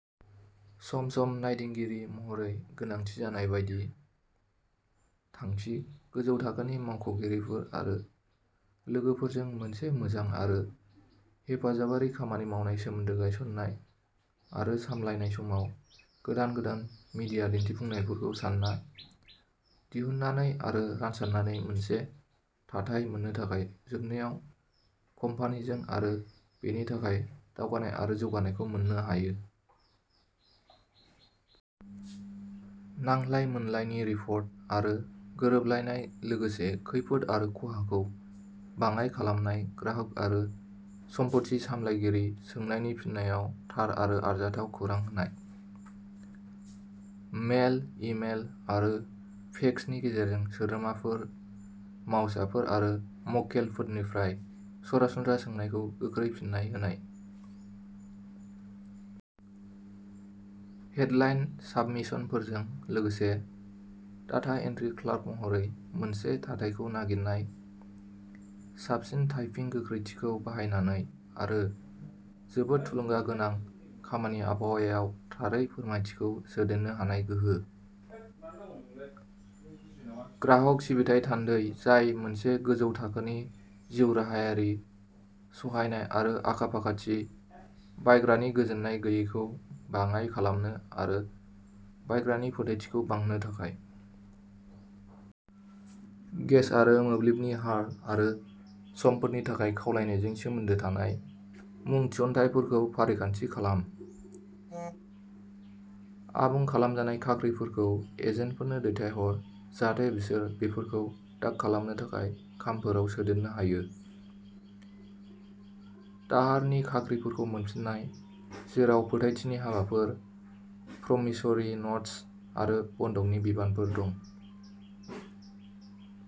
सम-सम नायदिंगिरि महरै गोनांथि जानाय बायदि। थांखि गोजौ थाखोनि मावख'गिरिफोर आरो लोगोफोरजों मोनसे मोजां आरो हेफाजाबारि खामानि मावनाय सोमोन्दो गायसन्नाय आरो सामलायनाय समाव गोदान गोदान मिडिया दिन्थिफुंनायफोरखौ सानना, दिहुननानै आरो रानसारनानै मोनसे थाथाय मोन्नो थाखाय जोबनायाव कम्पानिजों आरो बेनि थाखाय दावगानाय आरो जौगानायखौ मोन्नो हायो। नांलाय-मोनलायनि रिपर्ट आरो गोरोबलायनाय लोगोसे खैफोद आरो खहाखौ बाङाइ खालामनाय ग्राहक आरो सम्पथि सामलायगिरि सोंनायनि फिननायाव थार आरो आरजाथाव खौरां होनाय। मेल, इ-मेल आरो फेक्सनि गेजेरजों सोद्रोमाफोर, मावसाफोर आरो मक्केलफोरनिफ्राय सरासनस्रा सोंनायखौ गोख्रै फिननाय होनाय। हेडलाइन साबमिशनफोरजों लोगोसे डाटा एन्ट्रि क्लार्क महरै मोनसे थाथायखौ नागिरनाय, साबसिन टाइपिं गोख्रैथिखौ बाहायनानै आरो जोबोद थुलुंगागोनां खामानि आबहावायाव थारै फोरमायथिखौ सोदेरनो हानाय गोहो। ग्राहक सिबिथाइ थान्दै जाय मोनसे गोजौ थाखोनि जिउ राहायारि, सहायनाय आरो आखा-फाखाथि, बायग्रानि गोजोन्नाय गैयैखौ बाङाइ खालामनो आरो बायग्रानि फोथायथिखौ बांहोनो थाखाय। गेस आरो मोब्लिबनि हार आरो समफोरनि थाखाय खावलायनायजों सोमोन्दो थानाय मुं थिसनथायफोरखौ फारिखान्थि खालाम। आबुं खालामजानाय खाख्रिफोरखौ एजेन्टफोरनो दैथाय हर जाहाथे बिसोर बेफोरखौ डाक खालामनो थाखाय खामफोराव सोदेरनो हायो। दाहारनि खाख्रिफोरखौ मोनफिननाय, जेराव फोथायथिनि हाबाफोर, प्रमिसरि न'ट्स आरो बन्दकनि बिबानफोर दं।